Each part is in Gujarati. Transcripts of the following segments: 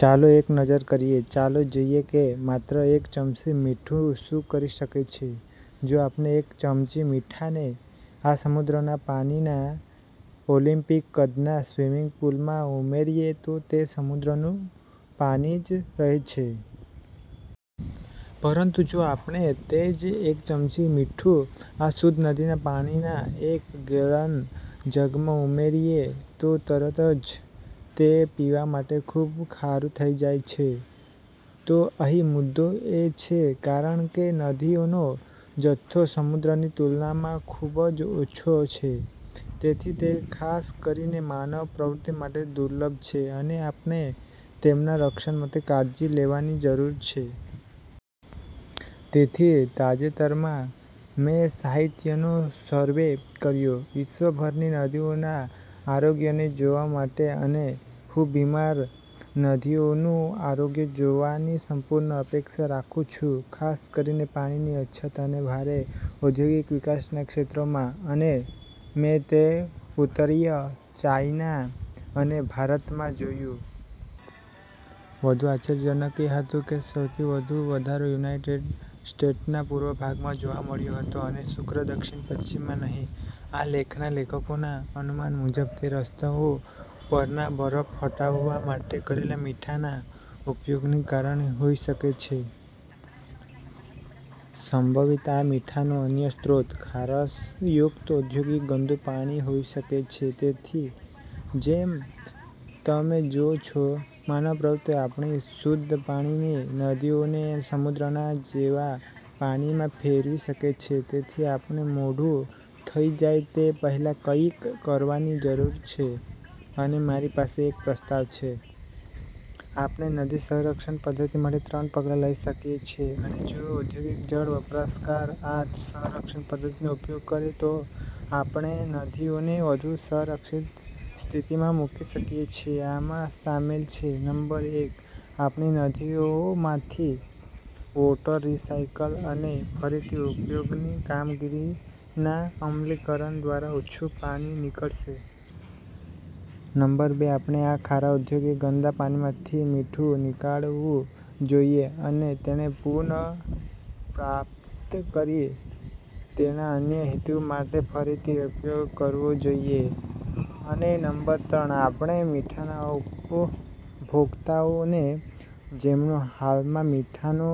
ચાલો એક નજર કરીએ. ચાલો જોઈએ કે માત્ર એક ચમચી મીઠું શું કરી શકે છે. જો આપણે એક ચમચી મીઠાને આ સમુદ્રના પાણીના ઓલિમ્પિક કદના સ્વિમિંગ પૂલમાં ઉમેરીએ, તો તે સમુદ્રનું પાણી જ રહે છે. પરંતુ જો આપણે તે જ એક ચમચી મીઠું, આ શુદ્ધ નદીના પાણીના એક ગેલન જગમાં ઉમેરીએ, તો તરત જ તે પીવા માટે ખૂબ ખારું થઈ જાય છે. તો અહીં મુદ્દો એ છે, કારણ કે નદીઓનો જથ્થો સમુદ્રની તુલનામાં ખૂબ જ ઓછો છે, તેથી તે ખાસ કરીને માનવ પ્રવૃત્તિ માટે દુર્લભ છે, અને આપણે તેમના રક્ષણ માટે કાળજી લેવાની જરૂર છે. તેથી તાજેતરમાં, મેં સાહિત્યનો સર્વે કર્યો, વિશ્વભરની નદીઓના આરોગ્યને જોવા માટે અને હું બીમાર નદીઓનું આરોગ્ય જોવાની સંપૂર્ણ અપેક્ષા રાખું છું, ખાસ કરીને, પાણીની અછત અને ભારે ઔદ્યોગિક વિકાસના ક્ષેત્રોમાં. અને મેં તે ઉત્તરીય ચાઈના અને ભારતમાં જોયું. વધુ આશ્ચર્યજનક એ હતું કે સૌથી વધુ વધારો યુનાઇટેડ સ્ટેટ્સના પૂર્વ ભાગમાં જોવા મળ્યો હતો અને શુષ્ક દક્ષિણ પશ્ચિમમાં નહીં. આ લેખના લેખકોના અનુમાન મુજબ તે રસ્તાઓ પરનાં બરફ હટાવવા માટે કરેલા મીઠાના ઉપયોગને કારણે હોઈ શકે છે. સંભવિત, આ મીઠાનો અન્ય સ્ત્રોત, ખારશયુક્ત ઔદ્યોગિક ગંદુ પાણી હોઈ શકે છે. તેથી જેમ તમે જુઓ છો, માનવ પ્રવૃત્તિ આપણી શુદ્ધ પાણીની નદીઓને સમુદ્રના જેવા પાણીમાં ફેરવી શકે છે. તેથી આપણે મોડું થઈ જાય તે પહેલા કંઈક કરવાની જરૂર છે અને મારી પાસે એક પ્રસ્તાવ છે. આપણે નદી સંરક્ષણ પદ્ધતિ માટે ત્રણ પગલાં લઈ શકીએ છીએ, અને જો ઓદ્યોગિક જળ વપરાશકાર આ સંરક્ષણ પદ્ધતિનો ઉપયોગ કરે, તો આપણે નદીઓને વધુ સુરક્ષિત સ્થિતિમાં મૂકી શકીએ છીએ. આમાં શામેલ છે, નંબર એક આપણી નદીઓમાંથી, વોટર રિસાઇકલ અને ફરીથી ઉપયોગની કામગીરીના અમલીકરણ દ્વારા ઓછું પાણી નીકળશે. નંબર બે આપણે આ ખારા ઓદ્યોગિક ગંદા પાણીમાંથી મીઠું નીકાળવું જોઈએ અને તેને પુન: ર્પ્રાપ્ત કરી તેનો અન્ય હેતુ માટે ફરીથી ઉપયોગ કરવો જોઈએ. અને નંબર ત્રણ આપણે મીઠાના ઉપભોક્તાઓને, જેમનો હાલમાં મીઠાનો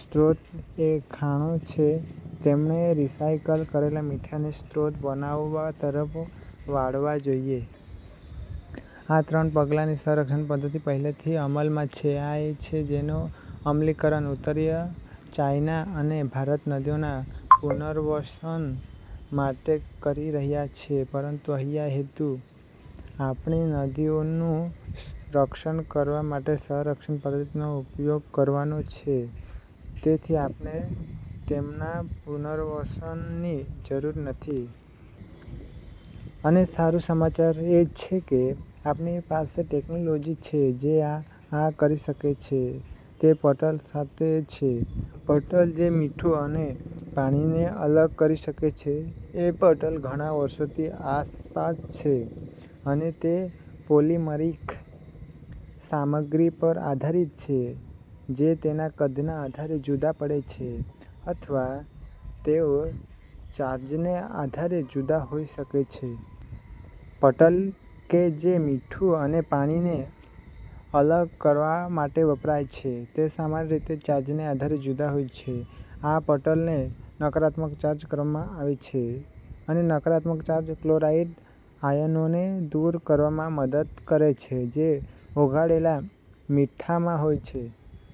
સ્ત્રોત એ ખાણો છે, તેમને રિસાઈકલ કરેલા મીઠાને સ્ત્રોત બનાવવા તરફ વાળવા જોઈએ. આ ત્રણ પગલાંની સંરક્ષણ પદ્ધતિ પહેલેથી અમલમાં છે. આ એ છે જેનો અમલીકરણ, ઉત્તરીય ચાઇના અને ભારત નદીઓના પુનર્વસન માટે કરી રહ્યા છે. પરંતુ અહીંયા હેતુ, આપણી નદીઓનું રક્ષણ કરવા આ સંરક્ષણ પદ્ધતિનો ઉપયોગ કરવાનો છે, તેથી આપણે તેમના પુનર્વસનની જરૂર નથી. અને સારા સમાચાર એ છે કે, આપણી પાસે ટેક્નોલોજી છે જે આ કરી શકે છે. તે પટલ સાથે છે. પટલ જે મીઠું અને પાણીને અલગ કરી શકે છે. એ પટલ ઘણા વષોથી આસપાસ છે, અને તે પોલિમરીક સામગ્રી પર આધારિત છે, જે તેના કદના આધારે જુદા પડે છે, અથવા તેઓ ચાર્જને આધારે જુદા હોઈ શકે છે. પટલ કે જે મીઠું અને પાણીને અલગ કરવા માટે વપરાય છે, તે સામાન્ય રીતે ચાર્જને આધારે જુદા હોય છે. આ પટલને નકારાત્મક ચાર્જ કરવામાં આવે છે અને નકારાત્મક ચાર્જ કલોરાઇડ આયનોને દૂર કરવામાં મદદ કરે છે, જે ઓગળેલા મીઠામાં હોય છે.